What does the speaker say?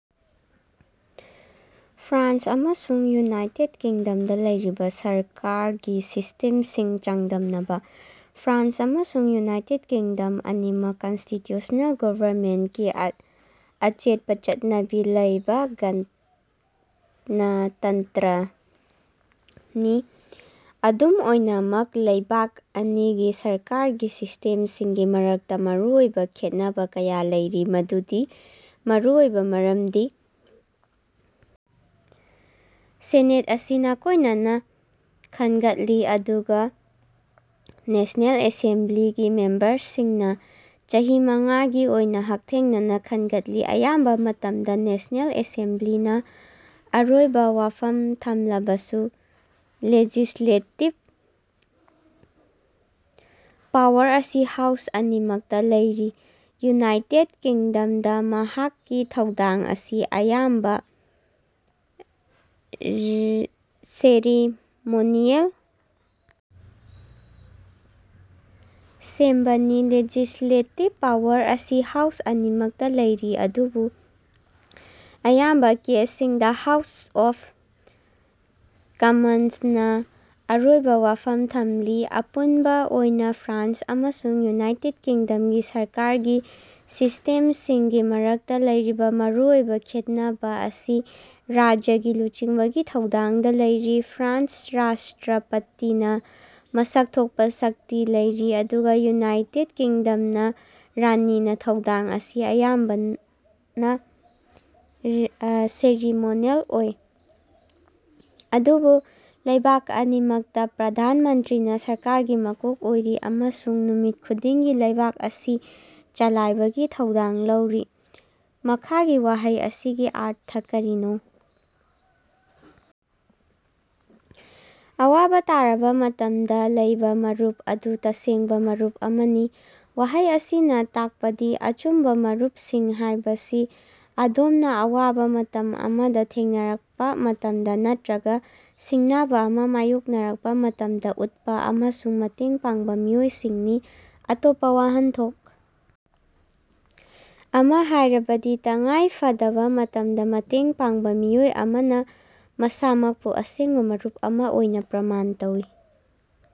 France ꯑꯃꯁꯨꯡ United ꯀꯤꯡꯗꯝꯗ ꯂꯩꯔꯤꯕ ꯁꯔꯀꯥꯔꯒꯤ ꯁꯤꯁꯇꯦꯝꯁꯤꯡ ꯆꯥꯡꯗꯝꯅꯕ- ꯐ꯭ꯔꯥꯟꯁ ꯑꯃꯁꯨꯡ ꯌꯨꯅꯥꯏꯇꯦꯗ ꯀꯤꯡꯗꯝ ꯑꯅꯤꯃꯛ ꯀꯟꯁꯇꯤꯇ꯭ꯌꯨꯁ꯭ꯅꯦꯜ ꯒꯣꯚꯔꯟꯃꯦꯟꯇꯀꯤ ꯑꯆꯦꯠꯄ ꯆꯠꯅꯕꯤ ꯂꯩꯕ ꯒꯅꯇꯟꯇ꯭ꯔꯅꯤ꯫ ꯑꯗꯨꯝ ꯑꯣꯏꯅꯃꯛ ꯂꯩꯕꯥꯛ ꯑꯅꯤꯒꯤ ꯁꯔꯀꯥꯔꯒꯤ ꯁꯤꯁ꯭ꯇꯦꯝꯁꯤꯡꯒꯤ ꯃꯔꯛꯇ ꯃꯔꯨꯑꯣꯏꯕ ꯈꯦꯠꯅꯕ ꯀꯌꯥ ꯂꯩꯔꯤ꯫ ꯃꯗꯨꯒꯤ ꯃꯔꯨꯑꯣꯏꯕ ꯃꯔꯝꯗꯤ ꯁꯦꯅꯦꯠ ꯑꯁꯤ ꯅꯥꯀꯣꯏꯅꯅ ꯈꯟꯒꯠꯂꯤ ꯑꯗꯨꯒ ꯅꯦꯁ꯭ꯅꯦꯜ ꯑꯦꯁꯦꯝꯕ꯭ꯂꯤꯒꯤ ꯃꯦꯝꯕꯔꯁꯤꯡꯅ ꯆꯍꯤ ꯃꯉꯥꯒꯤ ꯑꯣꯏꯅ ꯍꯛꯊꯦꯡꯅꯅ ꯈꯟꯒꯠꯂꯤ꯫ ꯑꯌꯥꯝꯕ ꯃꯇꯝꯗ ꯅꯦꯁ꯭ꯅꯦꯜ ꯑꯦꯁꯦꯝꯕ꯭ꯂꯤꯅ ꯑꯔꯣꯏꯕ ꯋꯥꯐꯝ ꯊꯝꯂꯕꯁꯨ ꯂꯦꯖꯤꯁ꯭ꯂꯦꯇꯤꯚ ꯄꯥꯋꯔ ꯑꯁꯤ ꯍꯥꯎꯁ ꯑꯅꯤꯃꯛꯇ ꯂꯩꯔꯤ꯫ ꯌꯨꯅꯥꯏꯇꯦꯗ ꯀꯤꯡꯗꯝꯗ ꯃꯍꯥꯛꯀꯤ ꯊꯧꯗꯥꯡ ꯑꯁꯤ ꯑꯌꯥꯝꯕ ꯁꯦꯔꯤꯃꯣꯅꯤꯑꯦꯜ ꯁꯦꯝꯕꯅꯤ꯫ ꯂꯦꯖꯤꯁ꯭ꯂꯦꯇꯤꯚ ꯄꯥꯋꯔ ꯑꯁꯤ ꯍꯥꯎꯁ ꯑꯅꯤꯃꯛꯇ ꯂꯩꯔꯤ ꯑꯗꯨꯕꯨ ꯑꯌꯥꯝꯕ ꯀꯦꯁꯁꯤꯡꯗ ꯍꯥꯎꯁ ꯑꯣꯐ ꯀꯝꯃꯟꯁꯅ ꯑꯔꯣꯏꯕ ꯋꯥꯐꯝ ꯊꯝꯂꯤ꯫ ꯑꯄꯨꯟꯕ ꯑꯣꯏꯅ ꯐ꯭ꯔꯥꯟꯁ ꯑꯃꯁꯨꯡ ꯌꯨꯅꯥꯏꯇꯦꯗ ꯀꯤꯡꯗꯝꯒꯤ ꯁꯔꯀꯥꯔꯒꯤ ꯁꯤꯁ꯭ꯇꯦꯝꯁꯤꯡꯒꯤ ꯃꯔꯛꯇ ꯂꯩꯔꯤꯕ ꯃꯔꯨꯑꯣꯏꯕ ꯈꯦꯠꯅꯕ ꯑꯁꯤ ꯔꯥꯖ꯭ꯌꯥꯒꯤ ꯂꯨꯆꯤꯡꯕꯒꯤ ꯊꯧꯗꯥꯡꯗ ꯂꯩꯔꯤ꯫ ꯐ꯭ꯔꯥꯟꯁꯇ ꯔꯥꯁꯇ꯭ꯔꯄꯇꯤꯅ ꯃꯁꯛ ꯊꯣꯛꯄ ꯁꯛꯇꯤ ꯂꯩꯔꯤ ꯑꯗꯨꯒ ꯌꯨꯅꯥꯏꯇꯦꯗ ꯀꯤꯡꯗꯝꯗ ꯔꯥꯅꯤꯒꯤ ꯊꯧꯗꯥꯡ ꯑꯁꯤ ꯑꯌꯥꯝꯕꯅ ꯁꯦꯔꯤꯃꯣꯅꯤꯑꯦꯜ ꯑꯣꯏ꯫ ꯑꯗꯨꯕꯨ ꯂꯩꯕꯥꯛ ꯑꯅꯤꯃꯛꯇ ꯄ꯭ꯔꯙꯥꯟ ꯃꯟꯇ꯭ꯔꯤꯅ ꯁꯔꯀꯥꯔꯒꯤ ꯃꯀꯣꯛ ꯑꯣꯏꯔꯤ ꯑꯃꯁꯨꯡ ꯅꯨꯃꯤꯠ ꯈꯨꯗꯤꯡꯒꯤ ꯂꯩꯕꯥꯛ ꯑꯁꯤ ꯆꯂꯥꯏꯕꯒꯤ ꯊꯧꯗꯥꯡ ꯂꯧꯔꯤ꯫ ꯃꯈꯥꯒꯤ ꯋꯥꯍꯩ ꯑꯁꯤꯒꯤ ꯑꯔꯊ ꯀꯔꯤꯅꯣ? "ꯑꯋꯥꯕ ꯇꯥꯔꯕ ꯃꯇꯝꯗ ꯂꯩꯕ ꯃꯔꯨꯞ ꯑꯗꯨ ꯇꯁꯦꯡꯕ ꯃꯔꯨꯞ ꯑꯃꯅꯤ"꯫ ꯋꯥꯍꯩ ꯑꯁꯤꯅ ꯇꯥꯛꯄꯗꯤ ꯑꯆꯨꯝꯕ ꯃꯔꯨꯞꯁꯤꯡ ꯍꯥꯏꯕꯁꯤ ꯑꯗꯣꯝꯅ ꯑꯋꯥꯕ ꯃꯇꯝ ꯑꯃ ꯊꯦꯡꯅꯔꯛꯄ ꯃꯇꯝꯗ ꯅꯠꯇ꯭ꯔꯒ ꯁꯤꯡꯅꯕ ꯑꯃ ꯃꯥꯏꯌꯣꯛꯅꯔꯄ ꯃꯇꯝꯗ ꯎꯠꯄ ꯑꯃꯁꯨꯡ ꯃꯇꯦꯡ ꯄꯥꯡꯕ ꯃꯤꯑꯣꯏꯁꯤꯡꯅꯤ꯫ ꯑꯇꯣꯞꯄ ꯋꯥꯍꯟꯊꯣꯛ ꯑꯃꯗ ꯍꯥꯏꯔꯕꯗꯤ, ꯇꯉꯥꯏꯐꯗꯕ ꯃꯇꯝꯗ ꯃꯇꯦꯡ ꯄꯥꯡꯕ ꯃꯤꯑꯣꯏ ꯑꯃꯅ ꯃꯁꯥꯃꯛꯄꯨ ꯑꯁꯦꯡꯕ ꯃꯔꯨꯞ ꯑꯃ ꯑꯣꯏꯅ ꯄ꯭ꯔꯃꯥꯟ ꯇꯧꯏ꯫